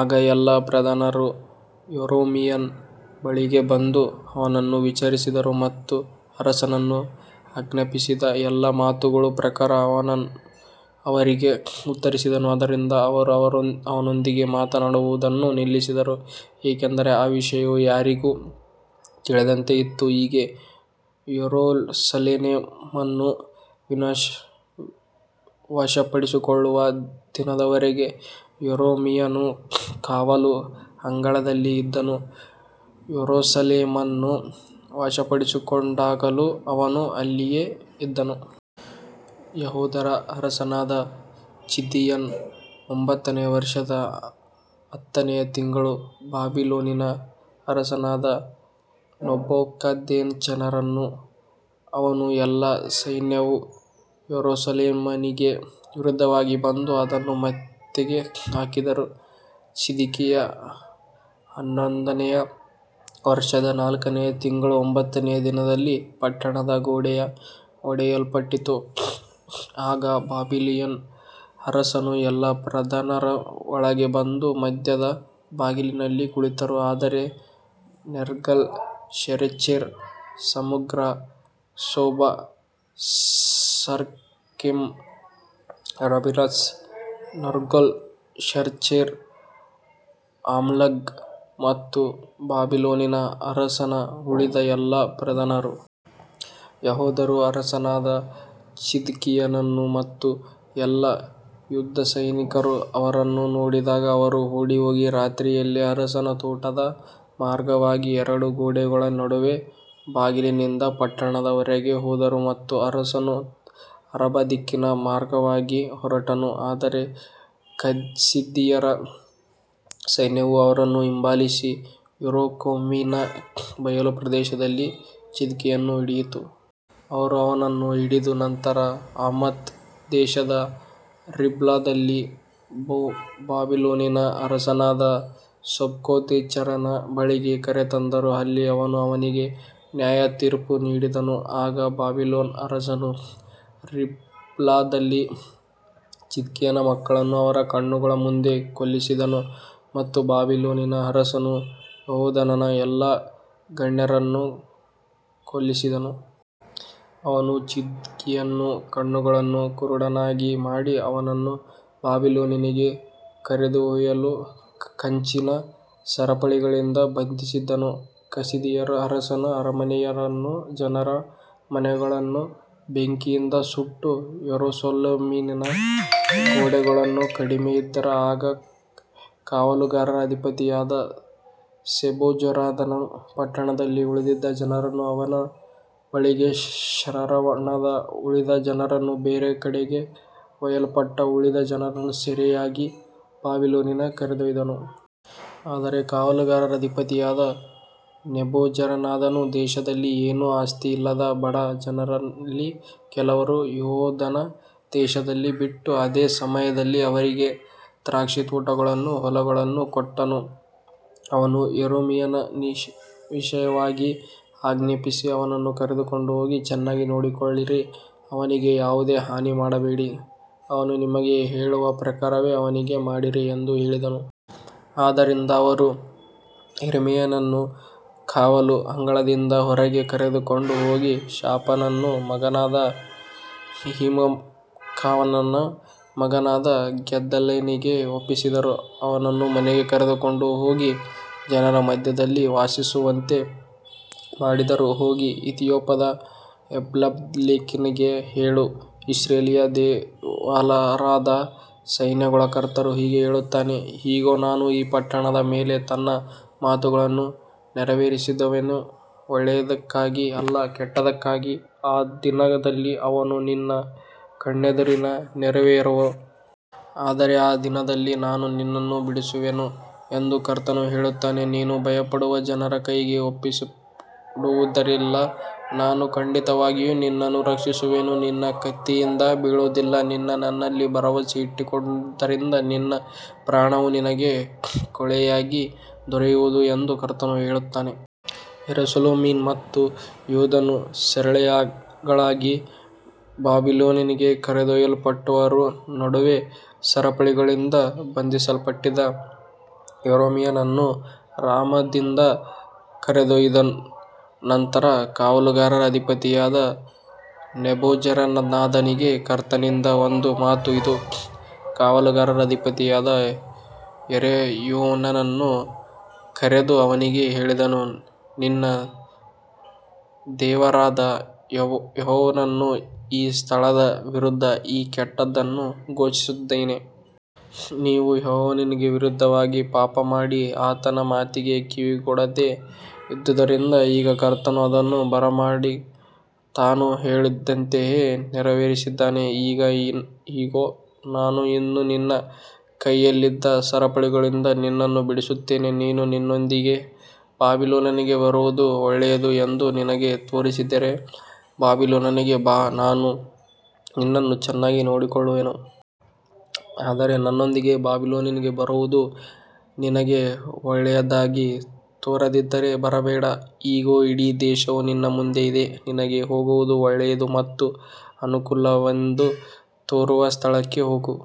ಆಗ ಎಲ್ಲಾ ಪ್ರಧಾನರು ಯೆರೆಮೀಯನ ಬಳಿಗೆ ಬಂದು ಅವನನ್ನು ವಿಚಾರಿಸಿದರು, ಮತ್ತು ಅರಸನು ಆಜ್ಞಾಪಿಸಿದ್ದ ಎಲ್ಲಾ ಮಾತುಗಳ ಪ್ರಕಾರ ಅವನು ಅವರಿಗೆ ಉತ್ತರಿಸಿದನು. ಆದ್ದರಿಂದ ಅವರು ಅವನೊಂದಿಗೆ ಮಾತನಾಡುವುದನ್ನು ನಿಲ್ಲಿಸಿದರು, ಏಕೆಂದರೆ ಆ ವಿಷಯವು ಯಾರಿಗೂ ತಿಳಿಯದಂತೆ ಇತ್ತು. ಹೀಗೆ ಯೆರೂಸಲೇಮನ್ನು ವಶಪಡಿಸಿಕೊಳ್ಳುವ ದಿನದವರೆಗೆ ಯೆರೆಮೀಯನು ಕಾವಲು ಅಂಗಳದಲ್ಲಿ ಇದ್ದನು, ಯೆರೂಸಲೇಮನ್ನು ವಶಪಡಿಸಿಕೊಂಡಾಗಲೂ ಅವನು ಅಲ್ಲಿಯೇ ಇದ್ದನು. ಯೆಹೂದದ ಅರಸನಾದ ಚಿದ್ಕೀಯನ ಒಂಬತ್ತನೆಯ ವರ್ಷದ ಹತ್ತನೆಯ ತಿಂಗಳಲ್ಲಿ ಬಾಬಿಲೋನಿನ ಅರಸನಾದ ನೆಬೂಕದ್ನೆಚ್ಚರನೂ ಅವನ ಎಲ್ಲಾ ಸೈನ್ಯವೂ ಯೆರೂಸಲೇಮಿಗೆ ವಿರುದ್ಧವಾಗಿ ಬಂದು ಅದನ್ನು ಮುತ್ತಿಗೆ ಹಾಕಿದರು. ಚಿದ್ಕೀಯನ ಹನ್ನೊಂದನೆಯ ವರ್ಷದ ನಾಲ್ಕನೆಯ ತಿಂಗಳ ಒಂಬತ್ತನೆಯ ದಿನದಲ್ಲಿ ಪಟ್ಟಣದ ಗೋಡೆಯು ಒಡೆಯಲ್ಪಟ್ಟಿತು. ಆಗ ಬಾಬಿಲೋನಿನ ಅರಸನ ಎಲ್ಲಾ ಪ್ರಧಾನರು ಒಳಗೆ ಬಂದು ಮಧ್ಯದ ಬಾಗಿಲಿನಲ್ಲಿ ಕುಳಿತರು, ಅಂದರೆ Nergal Sharezer, Samgar Nebo, Sarsechim, Rabsaris, Nergal Sharezer, Rabmag ಮತ್ತು ಬಾಬಿಲೋನಿನ ಅರಸನ ಉಳಿದ ಎಲ್ಲಾ ಪ್ರಧಾನರು. ಯೆಹೂದದ ಅರಸನಾದ ಚಿದ್ಕೀಯನು ಮತ್ತು ಎಲ್ಲಾ ಯುದ್ಧಸೈನಿಕರು ಅವರನ್ನು ನೋಡಿದಾಗ ಅವರು ಓಡಿಹೋಗಿ, ರಾತ್ರಿಯಲ್ಲಿ ಅರಸನ ತೋಟದ ಮಾರ್ಗವಾಗಿ, ಎರಡು ಗೋಡೆಗಳ ನಡುವಿನ ಬಾಗಿಲಿನಿಂದ ಪಟ್ಟಣದ ಹೊರಗೆ ಹೋದರು ಮತ್ತು ಅರಸನು ಅರಬಾ ದಿಕ್ಕಿನ ಮಾರ್ಗವಾಗಿ ಹೊರಟನು. ಆದರೆ ಕಸ್ದೀಯರ ಸೈನ್ಯವು ಅವರನ್ನು ಹಿಂಬಾಲಿಸಿ, ಯೆರಿಕೋವಿನ ಬಯಲು ಪ್ರದೇಶದಲ್ಲಿ ಚಿದ್ಕೀಯನನ್ನು ಹಿಡಿಯಿತು. ಅವರು ಅವನನ್ನು ಹಿಡಿದ ನಂತರ ಹಮಾತ್ ದೇಶದ ರಿಬ್ಲಾದಲ್ಲಿದ್ದ ಬಾಬಿಲೋನಿನ ಅರಸನಾದ ನೆಬೂಕದ್ನೆಚ್ಚರನ ಬಳಿಗೆ ಕರೆತಂದರು, ಅಲ್ಲಿ ಅವನು ಅವನಿಗೆ ನ್ಯಾಯತೀರ್ಪು ನೀಡಿದನು. ಆಗ ಬಾಬಿಲೋನಿನ ಅರಸನು ರಿಬ್ಲಾದಲ್ಲಿ ಚಿದ್ಕೀಯನ ಮಕ್ಕಳನ್ನು ಅವನ ಕಣ್ಣುಗಳ ಮುಂದೆ ಕೊಲ್ಲಿಸಿದನು ಮತ್ತು ಬಾಬಿಲೋನಿನ ಅರಸನು ಯೆಹೂದದ ಎಲ್ಲಾ ಗಣ್ಯರನ್ನೂ ಕೊಲ್ಲಿಸಿದನು. ಅವನು ಚಿದ್ಕೀಯನ ಕಣ್ಣುಗಳನ್ನು ಕುರುಡನನ್ನಾಗಿ ಮಾಡಿ, ಅವನನ್ನು ಬಾಬಿಲೋನಿಗೆ ಕರೆದೊಯ್ಯಲು ಕಂಚಿನ ಸರಪಳಿಗಳಿಂದ ಬಂಧಿಸಿದನು. ಕಸ್ದೀಯರು ಅರಸನ ಅರಮನೆಯನ್ನೂ ಜನರ ಮನೆಗಳನ್ನೂ ಬೆಂಕಿಯಿಂದ ಸುಟ್ಟು, ಯೆರೂಸಲೇಮಿನ ಗೋಡೆಗಳನ್ನು ಕೆಡವಿದರು. ಆಗ ಕಾವಲುಗಾರರ ಅಧಿಪತಿಯಾದ ನೆಬೂಜರದಾನನು ಪಟ್ಟಣದಲ್ಲಿ ಉಳಿದಿದ್ದ ಜನರನ್ನೂ, ಅವನ ಬಳಿಗೆ ಶರಣಾದ ಉಳಿದ ಜನರನ್ನೂ, ಬೇರೆ ಕಡೆಗೆ ಒಯ್ಯಲ್ಪಟ್ಟ ಉಳಿದ ಜನರನ್ನೂ ಸೆರೆಯಾಗಿ ಬಾಬಿಲೋನಿಗೆ ಕರೆದೊಯ್ದನು. ಆದರೆ ಕಾವಲುಗಾರರ ಅಧಿಪತಿಯಾದ ನೆಬೂಜರದಾನನು ದೇಶದಲ್ಲಿ ಏನೂ ಆಸ್ತಿಯಿಲ್ಲದ ಬಡ ಜನರಲ್ಲಿ ಕೆಲವರನ್ನು ಯೆಹೂದ ದೇಶದಲ್ಲಿ ಬಿಟ್ಟು, ಅದೇ ಸಮಯದಲ್ಲಿ ಅವರಿಗೆ ದ್ರಾಕ್ಷಿತೋಟಗಳನ್ನೂ ಹೊಲಗಳನ್ನೂ ಕೊಟ್ಟನು. ಅವನು ಯೆರೆಮೀಯನ ವಿಷಯವಾಗಿ ಆಜ್ಞಾಪಿಸಿ, ಅವನನ್ನು ಕರೆದುಕೊಂಡು ಹೋಗಿ ಚೆನ್ನಾಗಿ ನೋಡಿಕೊಳ್ಳಿರಿ, ಅವನಿಗೆ ಯಾವುದೇ ಹಾನಿ ಮಾಡಬೇಡಿ, ಅವನು ನಿನಗೆ ಹೇಳುವ ಪ್ರಕಾರವೇ ಅವನಿಗೆ ಮಾಡಿರಿ ಎಂದು ಹೇಳಿದನು. ಆದ್ದರಿಂದ ಅವರು ಯೆರೆಮೀಯನನ್ನು ಕಾವಲು ಅಂಗಳದಿಂದ ಹೊರಗೆ ಕರೆದುಕೊಂಡು ಹೋಗಿ, ಶಾಫಾನನ ಮಗನಾದ ಅಹೀಕಾಮನ ಮಗನಾದ ಗೆದಲ್ಯನಿಗೆ ಒಪ್ಪಿಸಿದರು, ಅವನನ್ನು ಮನೆಗೆ ಕರೆದುಕೊಂಡು ಹೋಗಿ ಜನರ ಮಧ್ಯದಲ್ಲಿ ವಾಸಿಸುವಂತೆ ಮಾಡಿದರು. ಹೋಗಿ ಇಥಿಯೋಪ್ಯದ ಎಬೆದ್ಮೆಲೆಕನಿಗೆ ಹೇಳು, ಇಸ್ರಾಯೇಲಿನ ದೇವರಾದ ಸೈನ್ಯಗಳ ಕರ್ತನು ಹೀಗೆ ಹೇಳುತ್ತಾನೆ, ಇಗೋ, ನಾನು ಈ ಪಟ್ಟಣದ ಮೇಲೆ ನನ್ನ ಮಾತುಗಳನ್ನು ನೆರವೇರಿಸುವೆನು, ಒಳ್ಳೆಯದಕ್ಕಾಗಿ ಅಲ್ಲ, ಕೆಟ್ಟದ್ದಕ್ಕಾಗಿ, ಆ ದಿನದಲ್ಲಿ ಅವು ನಿನ್ನ ಕಣ್ಣೆದುರಿನಲ್ಲಿ ನೆರವೇರುವವು. ಆದರೆ ಆ ದಿನದಲ್ಲಿ ನಾನು ನಿನ್ನನ್ನು ಬಿಡಿಸುವೆನು ಎಂದು ಕರ್ತನು ಹೇಳುತ್ತಾನೆ, ನೀನು ಭಯಪಡುವ ಜನರ ಕೈಗೆ ಒಪ್ಪಿಸಲ್ಪಡುವುದಿಲ್ಲ. ನಾನು ಖಂಡಿತವಾಗಿಯೂ ನಿನ್ನನ್ನು ರಕ್ಷಿಸುವೆನು, ನೀನು ಕತ್ತಿಯಿಂದ ಬೀಳುವುದಿಲ್ಲ, ನೀನು ನನ್ನಲ್ಲಿ ಭರವಸೆ ಇಟ್ಟಿರುವುದರಿಂದ ನಿನ್ನ ಪ್ರಾಣವು ನಿನಗೆ ಕೊಳ್ಳೆಯಾಗಿ ದೊರೆಯುವುದು ಎಂದು ಕರ್ತನು ಹೇಳುತ್ತಾನೆ. ಯೆರೂಸಲೇಮಿನ ಮತ್ತು ಯೆಹೂದದ ಸೆರೆಯಾಳುಗಳಾಗಿ ಬಾಬಿಲೋನಿಗೆ ಕರೆದೊಯ್ಯಲ್ಪಟ್ಟವರ ನಡುವೆ ಸರಪಳಿಗಳಿಂದ ಬಂಧಿಸಲ್ಪಟ್ಟಿದ್ದ ಯೆರೆಮೀಯನನ್ನು ರಾಮಾದಿಂದ ಕರೆದೊಯ್ದ ನಂತರ, ಕಾವಲುಗಾರರ ಅಧಿಪತಿಯಾದ ನೆಬೂಜರದಾನನಿಗೆ ಕರ್ತನಿಂದ ಬಂದ ಮಾತು ಇದು. ಕಾವಲುಗಾರರ ಅಧಿಪತಿಯು ಯೆರೆಮೀಯನನ್ನು ಕರೆದು ಅವನಿಗೆ ಹೇಳಿದನು, ನಿನ್ನ ದೇವರಾದ ಯೆಹೋವನು ಈ ಸ್ಥಳದ ವಿರುದ್ಧ ಈ ಕೆಟ್ಟದ್ದನ್ನು ಘೋಷಿಸಿದ್ದಾನೆ. ನೀವು ಯೆಹೋವನಿಗೆ ವಿರುದ್ಧವಾಗಿ ಪಾಪಮಾಡಿ, ಆತನ ಮಾತಿಗೆ ಕಿವಿಗೊಡದೆ ಇದ್ದುದರಿಂದ, ಈಗ ಕರ್ತನು ಅದನ್ನು ಬರಮಾಡಿ, ತಾನು ಹೇಳಿದಂತೆಯೇ ನೆರವೇರಿಸಿದ್ದಾನೆ. ಈಗ ಇಗೋ, ನಾನು ಇಂದು ನಿನ್ನ ಕೈಗಳಲ್ಲಿದ್ದ ಸರಪಳಿಗಳಿಂದ ನಿನ್ನನ್ನು ಬಿಡಿಸುತ್ತೇನೆ. ನೀನು ನನ್ನೊಂದಿಗೆ ಬಾಬಿಲೋನಿಗೆ ಬರುವುದು ಒಳ್ಳೆಯದು ಎಂದು ನಿನಗೆ ತೋರಿದರೆ, ಬಾಬಿಲೋನಿಗೆ ಬಾ, ನಾನು ನಿನ್ನನ್ನು ಚೆನ್ನಾಗಿ ನೋಡಿಕೊಳ್ಳುವೆನು. ಆದರೆ ನನ್ನೊಂದಿಗೆ ಬಾಬಿಲೋನಿಗೆ ಬರುವುದು ನಿನಗೆ ಒಳ್ಳೆಯದಾಗಿ ತೋರದಿದ್ದರೆ, ಬರಬೇಡ. ಇಗೋ, ಇಡೀ ದೇಶವು ನಿನ್ನ ಮುಂದೆ ಇದೆ, ನಿನಗೆ ಹೋಗುವುದು ಒಳ್ಳೆಯದು ಮತ್ತು ಅನುಕೂಲಕರವೆಂದು ತೋರುವ ಸ್ಥಳಕ್ಕೆ ಹೋಗು.